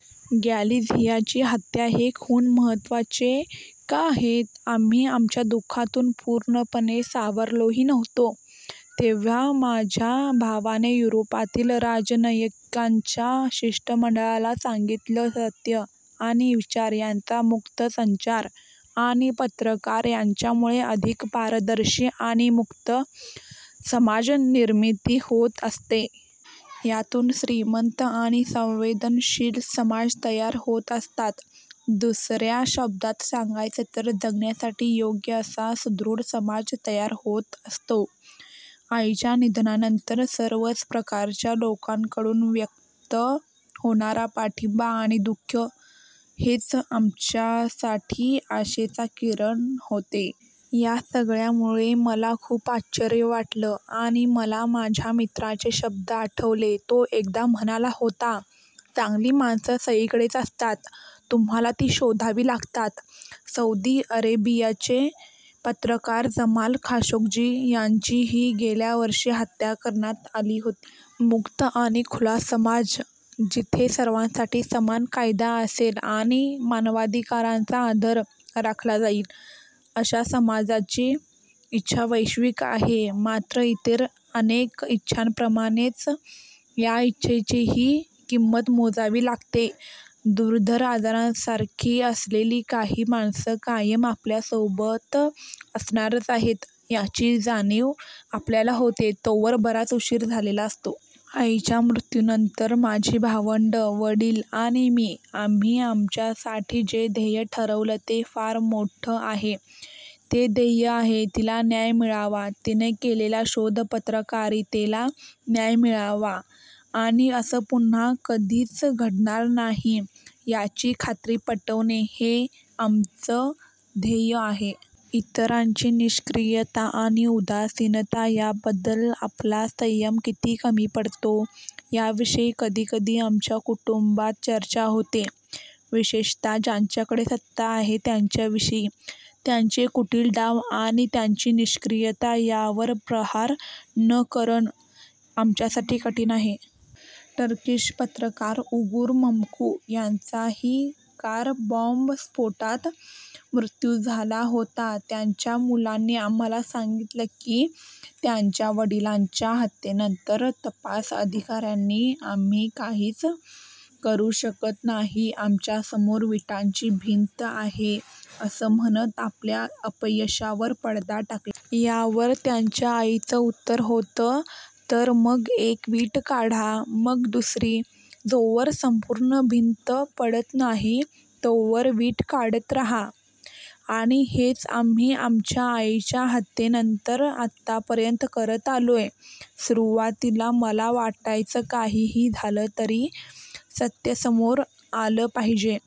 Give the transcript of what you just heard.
गॅलिझियाची हत्या हे खून महत्त्वाचे का आहेत? आम्ही आमच्या दुःखातून पूर्णपणे सावरलोही नव्हतो, तेव्हा माझ्या भावाने युरोपातील राजनयिकांच्या शिष्टमंडळाला सांगितलं सत्य आणि विचार यांचा मुक्त संचार आणि पत्रकार यांच्यामुळे अधिक पारदर्शी आणि मुक्त समाज निर्मिती होत असते. यातून श्रीमंत आणि संवेदनशील समाज तयार होत असतात. दुसऱ्या शब्दात सांगायचं तर जगण्यासाठी योग्य असा सुदृढ समाज तयार होत असतो. आईच्या निधनानंतर सर्वच प्रकारच्या लोकांकडून व्यक्त होणारा पाठिंबा आणि दुःख हेच आमच्यासाठी आशेचा किरण होते. या सगळ्यामुळे मला खूप आश्चर्य वाटलं आणि मला माझ्या मित्राचे शब्द आठवले. तो एकदा म्हणाला होता चांगली माणसं सगळीकडेच असतात. तुम्हाला ती शोधावी लागतात. सौदी अरेबियाचे पत्रकार जमाल खाशोग्जी यांचीही गेल्या वर्षी हत्या करण्यात आली होती. मुक्त आणि खुला समाज, जिथे सर्वांसाठी समान कायदा असेल आणि मानवाधिकारांचा आदर राखला जाईल, अशा समाजाची इच्छा वैश्विक आहे. मात्र इतर अनेक इच्छांप्रमाणेच या इच्छेचीही किंमत मोजावी लागते. दुर्धर आजारांसारखी असलेली काही माणसं कायम आपल्यासोबत असणारच आहेत, याची जाणीव आपल्याला होते तोवर बराच उशीर झालेला असतो. आईच्या मृत्यूनंतर माझी भावंड, वडील आणि मी आम्ही आमच्यासाठी जे ध्येय ठरवलं ते फार मोठं आहे. ते ध्येय आहे, तिला न्याय मिळावा, तिने केलेल्या शोधपत्रकारितेला न्याय मिळावा आणि असं पुन्हा कधीच घडणार नाही, याची खात्री पटवणे, हे आमचं ध्येय आहे. इतरांची निष्क्रियता आणि उदासीनता याबद्दल आपला संयम किती कमी पडतो, याविषयी कधीकधी आमच्या कुटुंबात चर्चा होते. विशेषतः ज्यांच्याकडे सत्ता आहे त्यांच्याविषयी. त्यांचे कुटील डाव आणि त्यांची निष्क्रियता यावर प्रहार न करणं, आमच्यासाठी कठीण आहे. टर्किश पत्रकार उगूर मम्कू यांचाही कार बाँबस्फोटात मृत्यू झाला होता. त्यांच्या मुलांनी आम्हाला सांगितलं की त्यांच्या वडिलांच्या हत्येनंतर तपास अधिकाऱ्यांनी आम्ही काहीच करू शकत नाही. आमच्या समोर विटांची भिंत आहे असं म्हणत आपल्या अपयशावर पडदा टाकला. यावर त्यांच्या आईचं उत्तर होतं तर मग एक वीट काढा, मग दुसरी, जोवर संपूर्ण भिंत पडत नाही, तोवर वीट काढत राहा. आणि हेच आम्ही आमच्या आईच्या हत्येनंतर आतापर्यंत करत आलोय. सुरुवातीला मला वाटायचं काहीही झालं तरी सत्य समोर आलं पाहिजे.